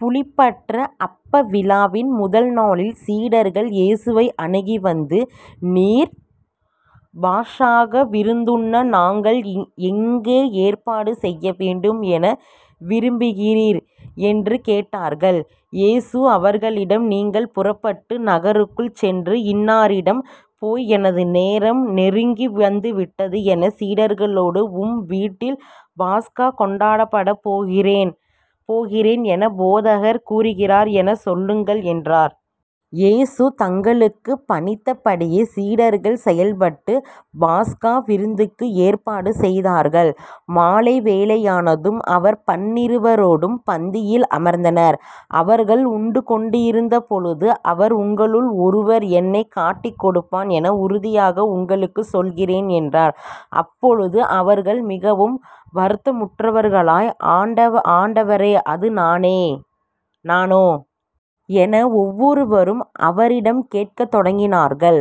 புளிப்பற்ற அப்ப விழாவின் முதல் நாளில் சீடர்கள் இயேசுவை அணுகி வந்து,"நீர் பாஸகா விருந்துண்ண நாங்கள் எங்கே ஏற்பாடு செய்ய வேண்டும் என விரும்புகிறீர்? " என்று கேட்டார்கள். இயேசு அவர்களிடம்,"நீங்கள் புறப்பட்டு நகருக்குள் சென்று இன்னாரிடம் போய், "எனது நேரம் நெருங்கி வந்து விட்டது என் சீடர்களோடு உம் வீட்டில் பாஸ்கா கொண்டாடப் போகிறேன்" எனப் போதகர் கூறுகிறார் எனச் சொல்லுங்கள்" என்றார். இயேசு தங்களுக்குப் பணித்த படியே சீடர்கள் செயல்பட்டுப் பாஸகா விருந்துக்கு ஏற்பாடு செய்தார்கள். மாலை வேளையானதும் அவர் பன்னிருவரோடும் பந்தியில் அமர்ந்தனர். அவர்கள் உண்டுகொண்டிருந்த பொழுது அவர், "உங்களுள் ஒருவன் என்னைக் காட்டிக்கொடுப்பான் என உறுதியாக உங்களுக்குச் சொல்கிறேன்" என்றார். அப்பொழுது அவர்கள் மிகவும் வருத்தமுற்றவர்களாய், "ஆண்டவ ஆண்டவரே, அது நானே நானோ? " என ஒவ்வொருவரும் அவரிடம் கேட்கத் தொடங்கினார்கள்.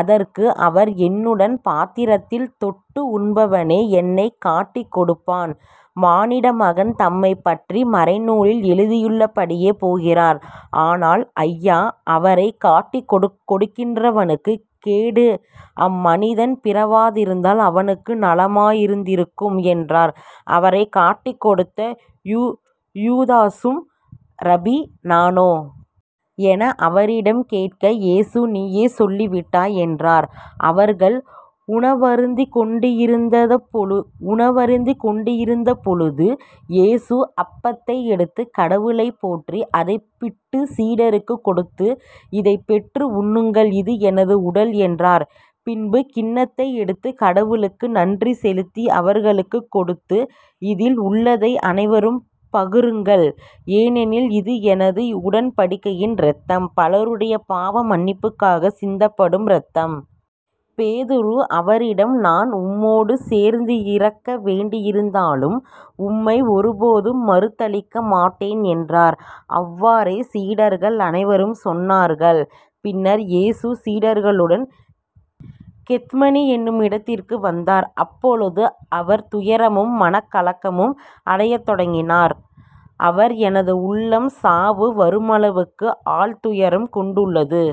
அதற்கு அவர், "என்னுடன் பாத்திரத்தில் தொட்டு உண்பவனே என்னைக் காட்டிக் கொடுப்பான். மானிட மகன், தம்மைப் பற்றி மறைநூலில் எழுதியுள்ளபடியே போகிறார். ஆனால், ஐயா. அவரைக் காட்டிக் கொடுக்கிறவனுக்குக் கேடு அம்மனிதன் பிறவாதிருந்தால் அவனுக்கு நலமாயிருந்திருக்கும்" என்றார். அவரைக் காட்டிக் கொடுத்த யூதாசும்" ரபி, நானோ? " என அவரிடம் கேட்க இயேசு, "நீயே சொல்லிவிட்டாய்" என்றார். அவர்கள் உணவருந்திக்கொண்டி இருந்தபொழுது உணவருந்திக்கொண்டி இருந்தபொழுது, இயேசு அப்பத்தை எடுத்துக் கடவுளைப் போற்றி, அதைப் பிட்டுச் சீடருக்குக் கொடுத்து, "இதைப் பெற்று உண்ணுங்கள் இது எனது உடல்" என்றார். பின்பு கிண்ணத்தை எடுத்துக் கடவுளுக்கு நன்றி செலுத்தி அவர்களுக்குக் கொடுத்து, "இதில் உள்ளதை அனைவரும் பகிருங்கள் ஏனெனில் இது எனது உடன்படிக்கையின் இரத்தம் பலருடைய பாவ மன்னிப்புக்காகச் சிந்தப்படும் இரத்தம். பேதுரு அவரிடம், "நான் உம்மோடு சேர்ந்து இறக்க வேண்டியிருந்தாலும் உம்மை ஒருபோதும் மறுதலிக்க மாட்டேன்" என்றார். அவ்வாறே சீடர்கள் அனைவரும் சொன்னார்கள். பின்னர் இயேசு சீடர்களுடன் கெத்மனி என்னும் இடத்திற்கு வந்தார். அப்போது அவர் துயரமும் மனக்கலக்கமும் அடையத் தொடங்கினார். அவர், "எனது உள்ளம் சாவு வருமளவுக்கு ஆழ்துயரம் கொண்டுள்ளது.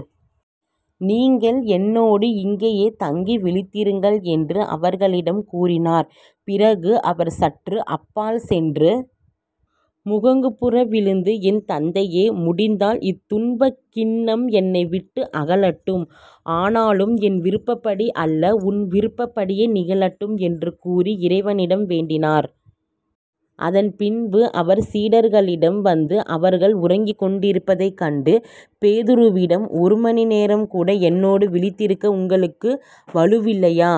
நீங்கள் என்னோடு இங்கேயே தங்கி விழித்திருங்கள்" என்று அவர்களிடம் கூறினார். பிறகு அவர் சற்று அப்பால் சென்று முகங்குப்புற விழுந்து, " என் தந்தையே, முடிந்தால் இத்துன்பக் கிண்ணம் என்னை விட்டு அகலட்டும். ஆனாலும் என் விருப்பப்படி அல்ல, உம் விருப்பப் படியே நிகழட்டும்" என்று கூறி இறைவனிடம் வேண்டினார். அதன் பின்பு அவர் சீடர்களிடம் வந்து அவர்கள் உறங்கிக் கொண்டிருப்பதைக் கண்டு பேதுருவிடம், "ஒரு மணி நேரம்கூட என்னோட விழித்திருக்க உங்களுக்கு வலுவில்லையா?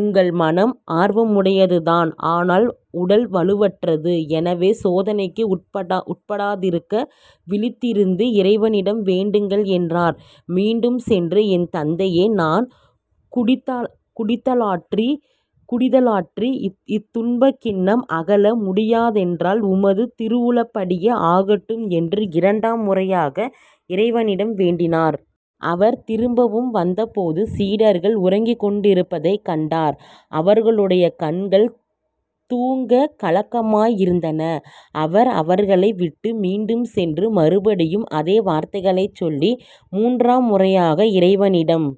உங்கள் மனம் ஆர்வமுடையதுதான் ஆனால் உடல் வலுவற்றது. எனவே சோதனைக்கு உட்படாதிருக்க விழித்திருந்து இறைவனிடம் வேண்டுங்கள்" என்றார். மீண்டும் சென்று, "என் தந்தையே, நான் குடித்தாலன்றி குடித்தாலன்றி இத்துன்பக்கிண்ணம் அகல முடியாதென்றால், உமது திருவுளப்படியே ஆகட்டும்" என்று இரண்டாம் முறையாக இறைவனிடம் வேண்டினார். அவர் திரும்பவும் வந்தபோது சீடர்கள் உறங்கிக்கொண்டிருப்பதைக் கண்டார். அவர்களுடைய கண்கள் தூங்கக் கலக்கமாய் இருந்தன. அவர் அவர்களை விட்டு மீண்டும் சென்று மறுபடியும் அதே வார்த்தைகளைச் சொல்லி மூன்றாம் முறையாக இறைவனிடம்